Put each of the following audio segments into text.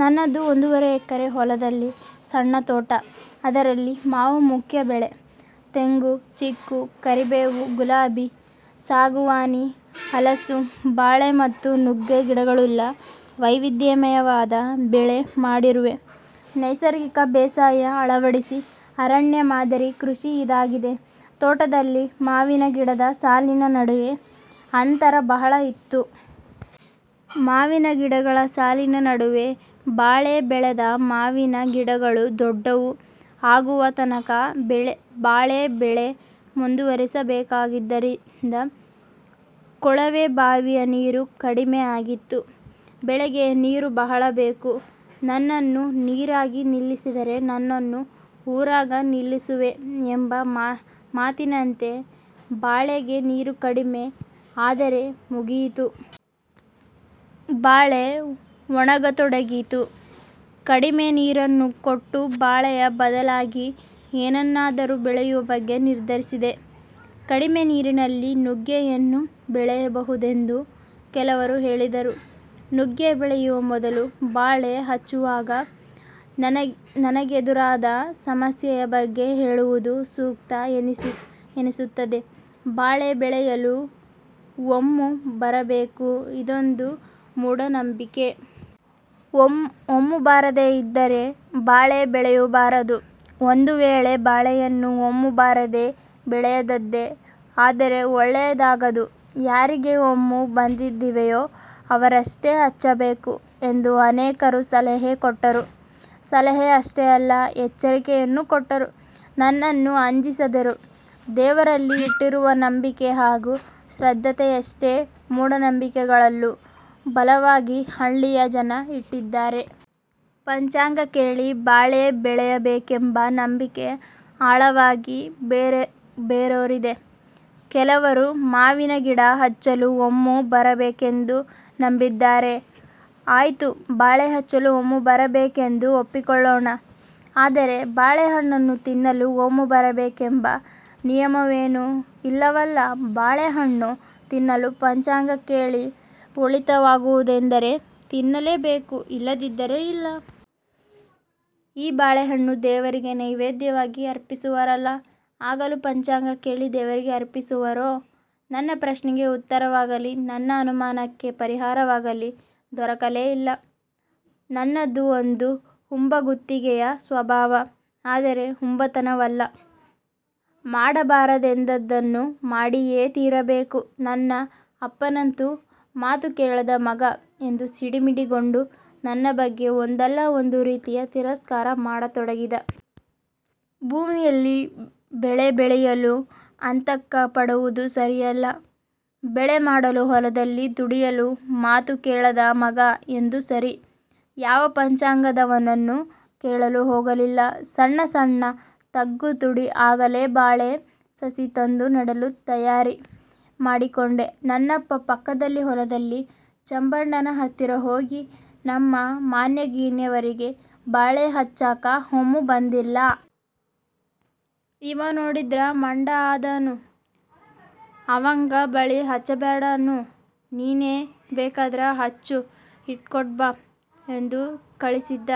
ನನ್ನದು ಒಂದೂವರೆ ಎಕರೆ ಹೊಲದಲ್ಲಿ ಸಣ್ಣ ತೋಟ. ಅದರಲ್ಲಿ ಮಾವು ಮುಖ್ಯ ಬೆಳೆ. ತೆಂಗು, ಚಿಕ್ಕು, ಕರಿಬೇವು, ಗುಲಾಬಿ, ಸಾಗುವಾನಿ, ಹಲಸು, ಬಾಳೆ ಮತ್ತು ನುಗ್ಗೆ ಗಿಡಗಳುಳ್ಳ ವೈವಿಧ್ಯಮಯವಾದ ಬೆಳೆ ಮಾಡಿರುವೆ. ನೈಸರ್ಗಿಕ ಬೇಸಾಯ ಅಳವಡಿಸಿ ಅರಣ್ಯ ಮಾದರಿ ಕೃಷಿ ಇದಾಗಿದೆ. ತೋಟದಲ್ಲಿ ಮಾವಿನ ಗಿಡದ ಸಾಲಿನ ನಡುವೆ ಅಂತರ ಬಹಳ ಇತ್ತು. ಮಾವಿನ ಗಿಡಗಳ ಸಾಲಿನ ನಡುವೆ ಬಾಳೆ ಬೆಳೆದೆ. ಮಾವಿನ ಗಿಡಗಳು ದೊಡ್ಡವು ಆಗುವ ತನಕ ಬಾಳೆ ಬೆಳೆ ಮುಂದುವರಿಸಬೇಕೆಂದಿದ್ದೆ. ಕೊಳಿವೆ ಬಾವಿಯ ನೀರು ಕಡಿಮೆ ಆಗಿತ್ತು. ಬಾಳೆಗೆ ನೀರು ಬಹಳ ಬೇಕು. "ನನ್ನನ್ನು ನೀರಾಗ ನಿಲ್ಲಿಸಿದರೆ ನಿನ್ನನ್ನು ಊರಾಗ ನಿಲ್ಲಿಸುವೆ" ಎಂಬ ಮಾತಿನಂತೆ ಬಾಳೆಗೆ ನೀರು ಕಡಿಮೆ ಆದರೆ ಮುಗಿಯಿತು. ಬಾಳೆ ಒಣಗತೊಡಗಿತು. ಕಡಿಮೆ ನೀರನ್ನು ಕೊಟ್ಟು ಬಾಳೆಯ ಬದಲಾಗಿ ಏನನ್ನಾದರೂ ಬೆಳೆಯುವ ಬಗ್ಗೆ ನಿರ್ಧರಿಸಿದೆ. ಕಡಿಮೆ ನೀರಿನಲ್ಲಿ ನುಗ್ಗೆಯನ್ನು ಬೆಳೆಯಬಹುದೆಂದು ಕೆಲವರು ಹೇಳಿದರು. ನುಗ್ಗೆ ಬೆಳೆಯುವ ಮೊದಲು ಬಾಳೆ ಹಚ್ಚುವಾಗ ನನಗೆದುರಾದ ಸಮಸ್ಯೆಯ ಬಗ್ಗೆ ಹೇಳುವುದು ಸೂಕ್ತ ಎನಿಸುತ್ತದೆ. ಬಾಳೆ ಬೆಳೆಯಲು 'ಒಮ್ಮು' ಬರಬೇಕು. ಇದೊಂದು ಮೂಢನಂಬಿಕೆ. ಒಮ್ಮು ಬಾರದೇ ಇದ್ದರೆ ಬಾಳೆ ಬೆಳೆಯಬಾರದು. ಒಂದು ವೇಳೆ ಬಾಳೆಯನ್ನು ಒಮ್ಮು ಬಾರದೆ ಬೆಳೆದದ್ದೇ ಆದರೆ ಒಳ್ಳೆಯದಾಗದು. ಯಾರಿಗೆ ಒಮ್ಮು ಬಂದಿವೆಯೋ ಅವರಷ್ಟೇ ಹಚ್ಚಬೇಕು ಎಂದು ಅನೇಕರು ಸಲಹೆ ಕೊಟ್ಟರು. ಸಲಹೆ ಅಷ್ಟೇ ಅಲ್ಲ ಎಚ್ಚರಿಕೆಯನ್ನೂ ಕೊಟ್ಟರು. ನನ್ನನ್ನು ಅಂಜಿಸಿದರು. ದೇವರಲ್ಲಿ ಇಟ್ಟಿರುವ ನಂಬಿಕೆ ಹಾಗೂ ಶ್ರದ್ಧೆಯಷ್ಟೇ ಮೂಢನಂಬಿಕೆಗಳಲ್ಲೂ ಬಲವಾಗಿ ಹಳ್ಳಿಯ ಜನ ಇಟ್ಟಿದ್ದಾರೆ. ಪಂಚಾಂಗ ಕೇಳಿ ಬಾಳೆ ಬೆಳೆಯಬೇಕೆಂಬ ನಂಬಿಕೆ ಆಳವಾಗಿ ಬೇರೂರಿದೆ. ಕೆಲವರು ಮಾವಿನಗಿಡ ಹಚ್ಚಲೂ ಒಮ್ಮು ಬರಬೇಕೆಂದು ನಂಬಿದ್ದಾರೆ. ಆಯ್ತು ಬಾಳೆ ಹಚ್ಚಲು ಒಮ್ಮು ಬರಬೇಕೆಂದು ಒಪ್ಪಿಕೊಳ್ಳೋಣ. ಆದರೆ ಬಾಳೆ ಹಣ್ಣನ್ನು ತಿನ್ನಲು ಒಮ್ಮು ಬರಬೇಕೆಂಬ ನಿಯಮವೇನೂ ಇಲ್ಲವಲ್ಲ. ಬಾಳೆಹಣ್ಣು ತಿನ್ನಲು ಪಂಚಾಂಗ ಕೇಳಿ ಒಳಿತಾಗುವುದೆಂದರೆ ತಿನ್ನಬೇಕು ಇಲ್ಲದಿದ್ದರೆ ಇಲ್ಲ. ಈ ಬಾಳೆಹಣ್ಣು ದೇವರಿಗೆ ನೈವೇಧ್ಯವಾಗಿ ಅರ್ಪಿಸುವರಲ್ಲ. ಆಗಲೂ ಪಂಚಾಂಗ ಕೇಳಿ ದೇವರಿಗೆ ಅರ್ಪಿಸುವರೋ? ನನ್ನ ಪ್ರಶ್ನೆಗೆ ಉತ್ತರವಾಗಲಿ, ನನ್ನ ಅನುಮಾನಕ್ಕೆ ಪರಿಹಾರವಾಗಲೀ ದೊರಕಲೇ ಇಲ್ಲ. ನನ್ನದು ಒಂದು ಹುಂಬಗುತ್ತಿಗೆಯ ಸ್ವಭಾವ. ಆದರೆ ಹುಂಬತನವಲ್ಲ. ಮಾಡಬಾರದೆಂದದ್ದನ್ನು ಮಾಡಿಯೇ ತೀರಬೇಕು. ನನ್ನ ಅಪ್ಪನಂತೂ 'ಮಾತು ಕೇಳದ ಮಗ' ಎಂದು ಸಿಡಿಮಿಡಿಗೊಂಡು ನನ್ನ ಬಗ್ಗೆ ಒಂದಲ್ಲಾ ಒಂದು ರೀತಿಯ ತಿರಸ್ಕಾರ ಮಾಡತೊಡಗಿದ. ಭೂಮಿಯಲ್ಲಿ ಬೆಳೆ ಬೆಳೆಯಲು ಆತಂಕಪಡುವುದು ಸರಿಯಲ್ಲ. ಬೆಳೆ ಮಾಡಲು ಹೊಲದಲ್ಲಿ ದುಡಿಯಲು ಮಾತು ಕೇಳದ ಮಗ ಎಂದರೂ ಸರಿ. ಯಾವ ಪಂಚಾಂಗದವನನ್ನು ಕೇಳಲು ಹೋಗಲಿಲ್ಲ. ಸಣ್ಣ ಸಣ್ಣ ತಗ್ಗು ತೋಡಿ ಆಗಲೇ ಬಾಳೆ ಸಸಿ ತಂದು ನೆಡಲು ತಯಾರಿ ಮಾಡಿಕೊಂಡೆ. ನನ್ನಪ್ಪ ಪಕ್ಕದ ಹೊಲದ ಚಂಬಣ್ಣನ ಹತ್ತಿರ ಹೋಗಿ, 'ನಮ್ಮ ಮನ್ಯಾಗಿನ್ಯಾವರಿಗೆ ಬಾಳಿ ಹಚ್ಚಾಕ ಒಮ್ಮು ಬಂದಿಲ್ಲಾ. ಇವ ನೋಡಿದರ ಮಂಡ ಅದಾನು. ಅಂವಗ ಬಾಳಿ ಹಚ್ಚಬ್ಯಾಡನ್ನು ನೀನೇ ಬೇಕಾದರೆ ಹಚ್ಚ್ ಇಕೊಟ್ಟು ಬಾ ಎಂದು ಕಳಿಸಿದ್ಧ.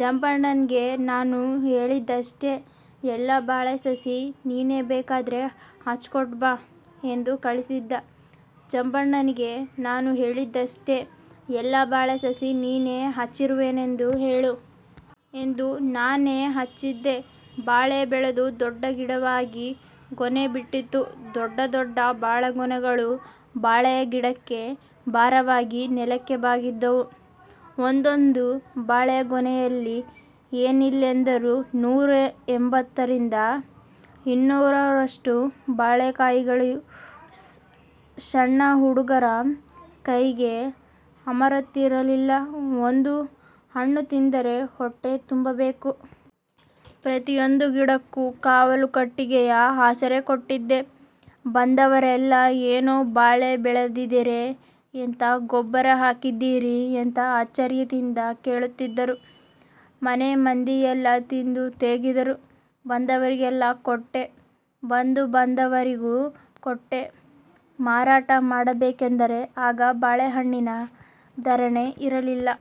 ಚಂಬಣ್ಣನಿಗೆ ನಾನು ಹೇಳಿದ್ದಿಷ್ಟೇ. ಎಲ್ಲಾ ಬಾಳೆ ಸಸಿ ನೀನೇ ಬೇಕಾದರೆ ಹಚ್ಚಿಕೊಟ್ಟು ಬಾ ಎಂದು ಕಳಿಸಿದ್ದ. ಚಂಬಣ್ಣನಿಗೆ ನಾನು ಹೇಳಿದ್ದಿಷ್ಟೇ. ಎಲ್ಲಾ ಬಾಳೆ ಸಸಿ ನೀನೇ ಹಚ್ಚಿರುವೆನೆಂದು ಹೇಳು. ಎಂದು ನಾನೇ ಹಚ್ಚಿದ್ದೆ. ಬಾಳೆ ಬೆಳೆದು ದೊಡ್ಡ ಗಿಡವಾಗಿ ಗೊನೆ ಬಿಟ್ಟಿತ್ತು. ದೊಡ್ಡ ದೊಡ್ಡ ಬಾಳೆಗೊನೆಗಳು ಬಾಳೆಯ ಗಿಡಕ್ಕೆ ಭಾರವಾಗಿ ನೆಲಕ್ಕೆ ಬಾಗಿದ್ದವು. ಒಂದೊಂದು ಬಾಳೆಯ ಗೊನೆಯಲ್ಲಿ ಏನಿಲ್ಲೆಂದರೂ ನೂರ ಎಂಭತ್ತರಿಂದ ಇನ್ನೂರರವತ್ತರಷ್ಟು ಬಾಳೆಕಾಯಿಗಳು. ಶಣ್ಣ ಹುಡುಗರ ಕೈಗೆ ಅಮರುತ್ತಿರಲಿಲ್ಲ. ಒಂದು ಹಣ್ಣುತಿಂದರೆ ಹೊಟ್ಟೆ ತುಂಬಬೇಕು. ಪ್ರತಿಯೊಂದು ಗಿಡಕ್ಕೂ ಕವಲುಗಟ್ಟಿಗೆಯ ಆಸರೆ ಕೊಟ್ಟಿದ್ದೆ. ಬಂದವರೆಲ್ಲಾ ಏನು ಬಾಳೆ ಬೆಳೆದಿದೀರಿ ಎಂಥಾ ಗೊಬ್ಬರ ಹಾಕಿದೀರಿ ಎಂದು ಆಶ್ಚರ್ಯದಿಂದ ಕೇಳುತ್ತಿದ್ದರು. ಮನೆಮಂದಿಯೆಲ್ಲಾ ತಿಂದು ತೇಗಿದರು. ಬಂದವರಿಗೆ ಕೊಟ್ಟೆ, ಬಂಧು ಬಾಂಧವರಿಗೂ ಕೊಟ್ಟೆ, ಮಾರಾಟ ಮಾಡಬೇಕೆಂದರೆ ಆಗ ಬಾಳೆ ಹಣ್ಣಿಗೆ ಧಾರಣೆ ಇರಲಿಲ್ಲ.